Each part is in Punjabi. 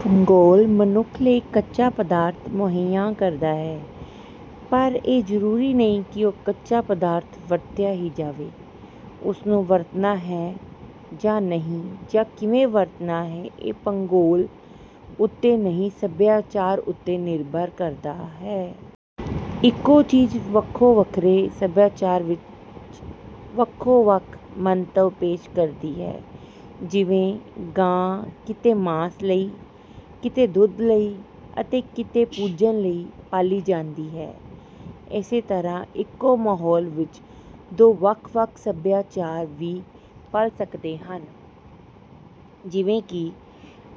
ਭੂਗੋਲ ਮਨੁੱਖ ਲਈ ਕੱਚਾ ਪਦਾਰਥ ਮੁਹੱਈਆ ਕਰਦਾ ਹੈ, ਪਰ ਇਹ ਜ਼ਰੂਰੀ ਨਹੀਂ ਕਿ ਓਹ ਕੱਚਾ ਪਦਾਰਥ ਵਰਤਿਆ ਹੀ ਜਾਵੇ। ਉਸਨੂੰ ਵਰਤਣਾ ਹੈ ਜਾਂ ਨਹੀਂ ਜਾਂ ਕਿਵੇਂ ਵਰਤਣਾ ਹੈ ਇਹ ਭੂਗੋਲ ਉੱਤੇ ਨਹੀਂ, ਸਭਿਆਚਾਰ ਉੱਤੇ ਨਿਰਭਰ ਕਰਦਾ ਹੈ। ਇੱਕੋ ਚੀਜ਼ ਵੱਖੋ ਵੱਖਰੇ ਸਭਿਆਚਾਰ ਵਿੱਚ ਵੱਖੋ ਵੱਖ ਮੰਤਵ ਪੇਸ਼ ਕਰਦੀ ਹੈ, ਜਿਵੇਂ ਗਾਂ ਕਿਤੇ ਮਾਸ ਲਈ, ਕਿਤੇ ਦੁੱਧ ਲਈ ਅਤੇ ਕਿਤੇ ਪੂਜਣ ਲਈ ਪਾਲੀ ਜਾਂਦੀ ਹੈ। ਇਸੇ ਤਰ੍ਹਾਂ ਇੱਕੋ ਮਾਹੌਲ ਵਿੱਚ ਦੋ ਵੱਖ ਵੱਖ ਸਭਿਆਚਾਰ ਵੀ ਪਲ ਸਕਦੇ ਹਨ ਜਿਵੇਂ ਕਿ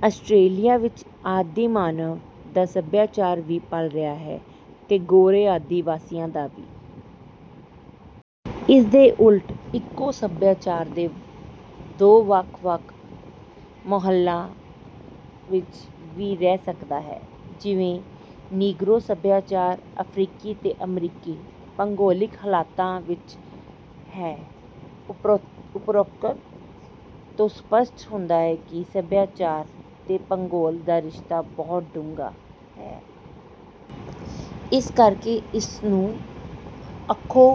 ਆਸਟਰੇਲੀਆ ਵਿੱਚ ਆਦਿ ਮਾਨਵ ਦਾ ਸਭਿਆਚਾਰ ਵੀ ਪਲ ਰਿਹਾ ਹੈ ਤੇ ਗੋਰੇ ਆਦਿ ਵਾਸੀਆਂ ਦਾ ਵੀ। ਇਸ ਦੇ ਉਲਟ ਇੱਕੋ ਸਭਿਆਚਾਰ ਦੋ ਵੱਖ ਵੱਖ ਮਾਹੌਲਾਂ ਵਿੱਚ ਵੀ ਰਹਿ ਸਕਦਾ ਹੈ, ਜਿਵੇਂ ਨੀਗਰੋ ਸਭਿਆਚਾਰ ਅਫਰੀਕੀ ਤੇ ਅਮਰੀਕੀ ਭੂਗੋਲਿਕ ਹਾਲਾਤਾਂ ਵਿੱਚ ਹੈ। ਉਪਰੋਕਤ ਤੋਂ ਸਪਸ਼ਟ ਹੁੰਦਾ ਹੈ ਕਿ ਸਭਿਆਚਾਰ ਤੇ ਭੂਗੋਲ ਦਾ ਰਿਸ਼ਤਾ ਬਹੁਤ ਡੂੰਘਾ ਹੈ। ਇਸ ਕਰਕੇ ਇਸ ਨੂੰ ਅੱਖੋਂ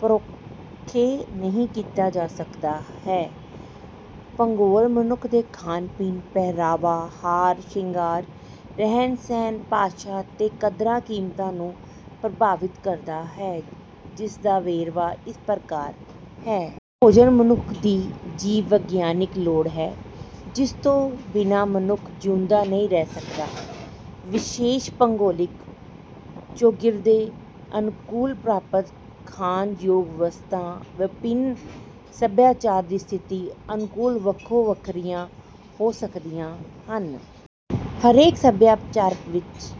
ਪਰੋਖੇ ਨਹੀਂ ਕੀਤਾ ਜਾ ਸਕਦਾ ਹੈ। ਭੂਗੋਲ ਮਨੁੱਖ ਦੇ ਖਾਣ ਪੀਣ, ਪਹਿਰਾਵਾ, ਹਾਰ ਸਿੰਗਾਰ, ਰਹਿਣ ਸਹਿਣ, ਭਾਸ਼ਾ ਤੇ ਕਦਰਾਂ ਕੀਮਤਾਂ ਨੂੰ ਪ੍ਰਭਾਵਿਤ ਕਰਦਾ ਹੈ। ਜਿਸਦਾ ਵੇਰਵਾ ਇਸ ਪ੍ਰਕਾਰ ਹੈ। ਭੋਜਨ ਮਨੁੱਖ ਦੀ ਜੀਵ ਵਿਗਿਆਨਿਕ ਲੋੜ ਹੈ, ਜਿਸ ਤੋਂ ਬਿਨਾਂ ਮਨੁੱਖ ਜਿਉਂਦਾ ਨਹੀਂ ਰਹਿ ਸਕਦਾ। ਵਿਸ਼ੇਸ਼ ਭੂਗੋਲਿਕ ਚੌਗਿਰਦੇ ਅਨੁਕੂਲ ਪ੍ਰਾਪਤ ਖਾਣ ਯੋਗ ਵਸਤਾਂ ਵਿਭਿੰਨ ਸਭਿਆਚਾਰ ਦੀ ਸਥਿਤੀ ਅਨੁਕੂਲ ਵੱਖੋ ਵੱਖਰੀਆਂ ਹੋ ਸਕਦੀਆਂ ਹਨ। ਹਰੇਕ ਸਭਿਆਚਾਰ ਵਿੱਚ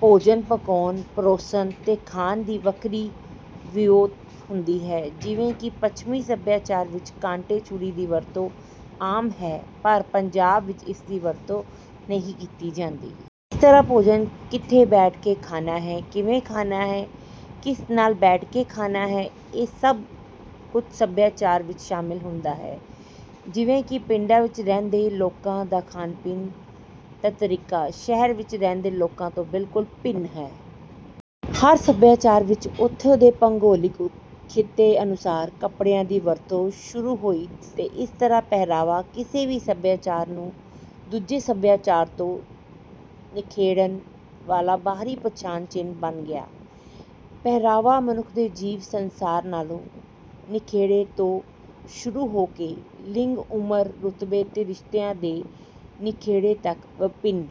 ਭੋਜਨ ਪਕਾਉਣ, ਪਰੋਸਣ ਤੇ ਖਾਣ ਦੀ ਵੱਖਰੀ ਵਿਉਂਤ ਹੁੰਦੀ ਹੈ, ਜਿਵੇਂ ਕਿ ਪੱਛਮੀ ਸਭਿਆਚਾਰ ਵਿੱਚ ਕਾਂਟੇ ਛੁਰੀ ਦੀ ਵਰਤੋਂ ਆਮ ਹੈ, ਪਰ ਪੰਜਾਬ ਵਿੱਚ ਇਸ ਦੀ ਵਰਤੋਂ ਨਹੀਂ ਕੀਤੀ ਜਾਂਦੀ। ਇਸੇ ਤਰ੍ਹਾਂ ਭੋਜਨ ਕਿੱਥੇ ਬੈਠ ਕੇ ਖਾਣਾ ਹੈ, ਕਿਵੇਂ ਖਾਣਾ ਹੈ, ਕਿਸ ਨਾਲ ਬੈਠ ਕੇ ਖਾਣਾ ਹੈ, ਇਹ ਸਭ ਕੁਝ ਸਭਿਆਚਾਰ ਵਿੱਚ ਸ਼ਾਮਿਲ ਹੁੰਦਾ ਹੈ, ਜਿਵੇਂ ਕਿ ਪਿੰਡਾਂ ਵਿੱਚ ਰਹਿੰਦੇ ਲੋਕਾਂ ਦਾ ਖਾਣ ਪੀਣ ਦਾ ਤਰੀਕਾ ਸ਼ਹਿਰ ਵਿੱਚ ਰਹਿੰਦੇ ਲੋਕਾਂ ਤੋਂ ਬਿਲਕੁਲ ਭਿੰਨ ਹੈ। ਹਰ ਸਭਿਆਚਾਰ ਵਿੱਚ ਉੱਥੋਂ ਦੇ ਭੂਗੋਲਿਕ ਖਿੱਤੇ ਅਨੁਸਾਰ ਕੱਪੜਿਆਂ ਦੀ ਵਰਤੋਂ ਸ਼ੁਰੂ ਹੋਈ ਤੇ ਇਸ ਤਰ੍ਹਾਂ ਪਹਿਰਾਵਾ ਕਿਸੇ ਵੀ ਸੱਭਿਆਚਾਰ ਨੂੰ ਦੂਜੇ ਸਭਿਆਚਾਰ ਤੋਂ ਨਿਖੇੜਨ ਵਾਲਾ ਬਾਹਰੀ ਪਛਾਣ ਚਿੰਨ੍ਹ ਬਣ ਗਿਆ। ਪਹਿਰਾਵਾ ਮਨੁੱਖ ਦੇ ਜੀਵ ਸੰਸਾਰ ਨਾਲੋਂ ਨਿਖੇੜੇ ਤੋਂ ਸ਼ੁਰੂ ਹੋ ਕੇ ਲਿੰਗ, ਉਮਰ, ਰੁਤਬੇ ਤੇ ਰਿਸ਼ਤਿਆਂ ਦੇ ਨਿਖੇੜੇ ਤੱਕ ਵਿਭਿੰਨ...